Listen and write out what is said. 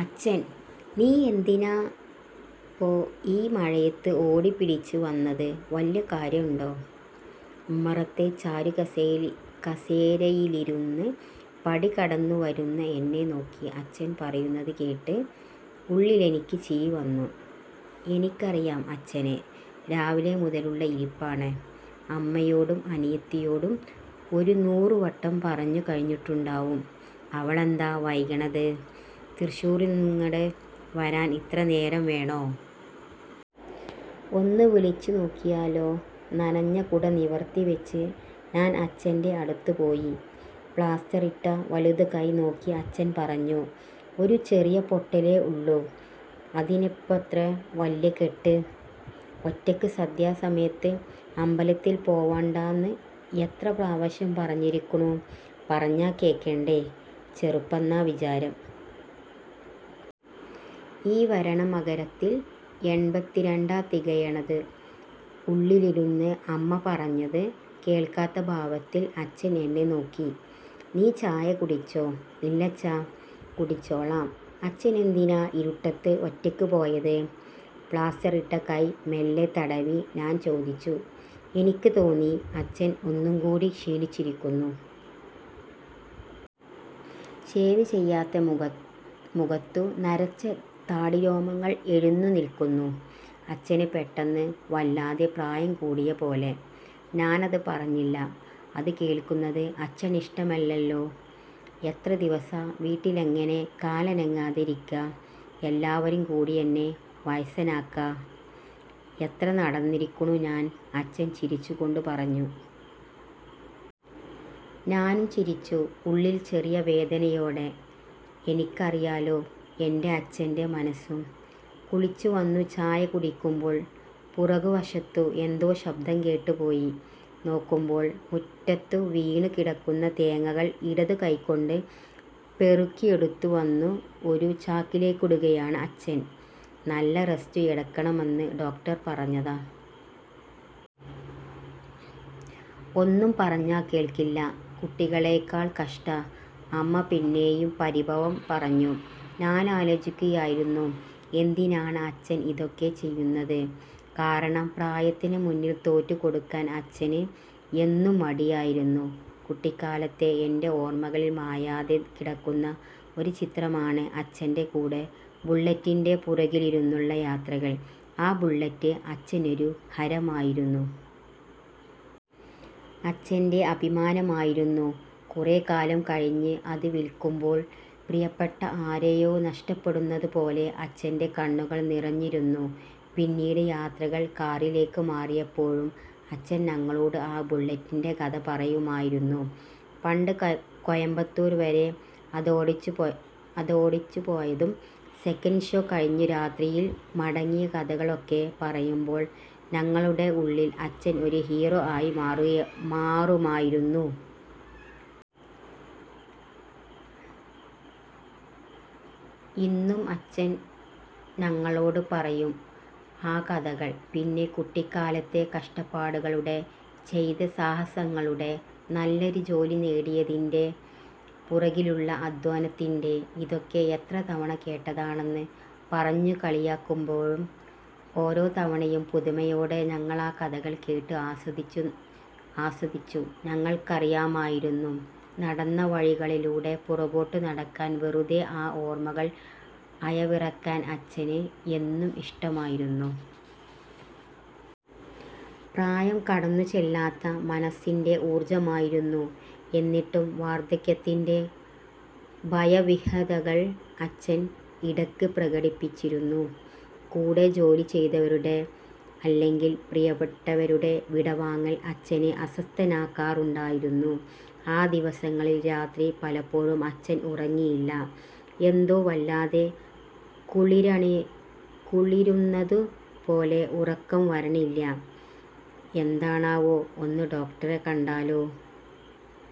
അച്ഛൻ ' നീയെന്തിനാപ്പോ ഈ മഴയത്ത് ഓടിപിടിച്ച് വന്നത് വല്ല കാര്യണ്ടോ. ' ഉമ്മറത്തെ ചാരുകസേരയിലിരുന്ന് പടി കടന്നു വരുന്ന എന്നെ നോക്കി അച്ഛൻ പറയുന്നത് കേട്ട് ഉള്ളിലെനിക്ക് ചിരി വന്നു. എനിക്കറിയാം അച്ഛനെ. രാവിലെ മുതലുള്ള ഇരിപ്പാണ്. അമ്മയോടും അനിയത്തിയോടും ഒരു നൂറു വട്ടം പറഞ്ഞു കഴിഞ്ഞിട്ടുണ്ടാവും ' അവളെന്താ വൈകണത് തൃശ്ശൂർന്നിങ്ങട് വരാൻ ഇത്ര നേരം വേണോ. ഒന്ന് വിളിച്ചു നോക്കിയാലോ. ' നനഞ്ഞ കുട നിവർത്തി വെച്ച് ഞാൻ അച്ഛന്‍റെ അടുത്ത് പോയി. പ്ലാസ്റ്ററിട്ട വലതു കൈ നോക്കി അച്ഛൻ പറഞ്ഞു. ' ഒരു ചെറിയ പൊട്ടലേ ള്ളൂ അതിനാപ്പൊത്ര വല്യ കെട്ട് ' ഒറ്റക്ക് സന്ധ്യാ സമയത്ത് അമ്പലത്തിൽ പോണ്ടാന്ന് എത്ര പ്രാവശ്യം പറഞ്ഞിരിക്കുണു പറഞ്ഞാ കേക്കണ്ടേ ചെറുപ്പാന്നാ വിചാരം. ഈ വരണ മകരത്തില്‍ എൺപത്തിരണ്ടാ തികയണത്. ' ഉള്ളിലിരുന്ന് അമ്മ പറഞ്ഞത് കേൾക്കാത്ത ഭാവത്തിൽ അച്ഛൻ എന്നെ നോക്കി. ' നീ ചായ കുടിച്ചോ? ' ഇല്ല്യച്ഛാ കുടിച്ചോളാം അച്ഛെനെന്തിനാ ഇരുട്ടത്ത് ഒറ്റക്ക് പോയത് '' പ്ലാസ്റ്ററിട്ട കൈ മെല്ലെ തടവി ഞാൻ ചോദിച്ചു എനിക്ക് തോന്നി അച്ഛൻ ഒന്ന് കൂടി ക്ഷീണിച്ചിരിക്കുന്നു. ഷേവ് ചെയ്യാത്ത മുഖത്തു നരച്ച താടിരോമങ്ങൾ എഴുന്നു നിൽക്കുന്നു അച്ഛന് പെട്ടെന്ന് വല്ലാതെ പ്രായം കൂടിയ പോലെ. ഞാനത് പറഞ്ഞില്ല അത് കേൾക്കുന്നത് അച്ഛനിഷ്ടമല്ലല്ലോ ' എത്ര ദിവസാ വീട്ടിലിങ്ങനെ കാലനങ്ങാതെ ഇരിക്കാ. എല്ലാവരും കൂടിയെന്നെ വയസ്സനാക്കാ. എത്ര നടന്നിരിക്കുണു ഞാൻ ' അച്ഛൻ ചിരിച്ചു കൊണ്ട് പറഞ്ഞു. ഞാനും ചിരിച്ചു. ഉള്ളിൽ ചെറിയ വേദനയോടെ. എനിക്കറിയാലോ എന്‍റെ അച്ഛന്‍റെ മനസ്സും. കുളിച്ചു വന്നു ചായ കുടിക്കുമ്പോൾ പുറകു വശത്തു എന്തോ ശബ്ദം കേട്ട് പോയി നോക്കുമ്പോൾ മുറ്റത്ത് വീണു കിടക്കുന്ന തേങ്ങകൾ ഇടതു കൈ കൊണ്ട് പെറുക്കിയെടുത്തു വന്നു ഒരു ചാക്കിലേക്കിടുകയാണ് അച്ഛൻ ' നല്ല റസ്റ്റ് എടുക്കണംന്ന് ഡോക്ടർ പറഞ്ഞതാ. ഒന്നും പറഞ്ഞാ കേൾക്കില്ല്യ കുട്ടികളെക്കാൾ കഷ്ടാ. ' അമ്മ പിന്നെയും പരിഭവം പറഞ്ഞു. ഞാനാലോചിക്കുകയായിരുന്നു. എന്തിനാണ് അച്ഛൻ ഇതൊക്കെ ചെയ്യുന്നത് കാരണം പ്രായത്തിനു മുന്നിൽ തോറ്റു കൊടുക്കാൻ അച്ഛന് എന്നും മടിയായിരുന്നു. കുട്ടിക്കാലത്തെ എന്‍റെ ഓർമകളിൽ മായാതെ കിടക്കുന്ന ഒരു ചിത്രമാണ് അച്ഛന്‍റെ കൂടെ ബുള്ളറ്റിന്റെ പുറകിലിരുന്നുള്ള യാത്രകൾ ആ ബുള്ളറ്റ് അച്ഛനൊരു ഹരമായിരുന്നു. അച്ഛന്‍റെ അഭിമാനമായിരുന്നു. കുറെ കാലം കഴിഞ്ഞ് അത് വിൽക്കുമ്പോൾ പ്രിയപ്പെട്ട ആരെയോ നഷ്ടപ്പെടുന്നതു പോലെ അച്ഛന്റെ കണ്ണുകൾ നിറഞ്ഞിരുന്നു പിന്നീട് യാത്രകൾ കാറിലേക്ക് മാറിയപ്പോഴും അച്ഛൻ ഞങ്ങളോട് ആ ബുള്ളറ്റിന്റെ കഥകൾ പറയുമായിരുന്നു. പണ്ട് കോയമ്പത്തൂർ വരെ അതോടിച്ചു പോയതും സെക്കന്‍റ് ഷോ കഴിഞ്ഞു രാത്രിയിൽ മടങ്ങിയ കഥകളൊക്കെ പറയുമ്പോൾ ഞങ്ങളുടെ ഉള്ളിൽ അച്ഛൻ ഒരു ഹീറോ ആയി മാറുമായിരുന്നു. ഇന്നും അച്ഛൻ ഞങ്ങളോട് പറയും ആ കഥകൾ. പിന്നെ കുട്ടിക്കാലത്തെ കഷ്ടപ്പാടുകളുടെ, ചെയ്ത സാഹസങ്ങളുടെ, നല്ലൊരു ജോലി നേടിയതിന്‍റെ പുറകിലുള്ള അദ്ധ്വാനത്തിന്‍റെ ' ഇതൊക്കെ എത്ര തവണ കേട്ടതാ'ണെന്ന് പറഞ്ഞു കളിയാക്കുമ്പോഴും ഓരോ തവണയും പുതുമയോടെ ഞങ്ങളാ കഥകൾ കേട്ടു ആസ്വദിച്ചു ഞങ്ങൾക്കറിയാമായിരുന്നു നടന്ന വഴികളിലൂടെ പുറകോട്ടു നടക്കാൻ വെറുതെ ആ ഓർമ്മകൾ അയവിറക്കാൻ അച്ഛന് എന്നും ഇഷ്ടമായിരുന്നു. പ്രായം കടന്നു ചെല്ലാത്ത മനസ്സിന്‍റെ ഊർജ്ജമായിരുന്നു. എന്നിട്ടും വാർദ്ധക്യത്തിന്റെ ഭയവിഹ്വലതകൾ അച്ഛൻ ഇടക്ക് പ്രകടിപ്പിച്ചിരുന്നു. കൂടെ ജോലി ചെയ്തവരുടെ അല്ലെങ്കിൽ പ്രിയപ്പെട്ടവരുടെ വിടവാങ്ങൽ അച്ഛനെ അസ്വസ്ഥനാക്കാറുണ്ടായിരുന്നു ആ ദിവസങ്ങളിൽ രാത്രി പലപ്പോഴും അച്ഛൻ ഉറങ്ങിയില്ല ' എന്തോ വല്ലാതെ കുളിരുന്നതു പോലെ ഉറക്കം വരിണില്യ എന്താണാവോ ഒന്ന് ഡോക്ടറെ കണ്ടാലോ.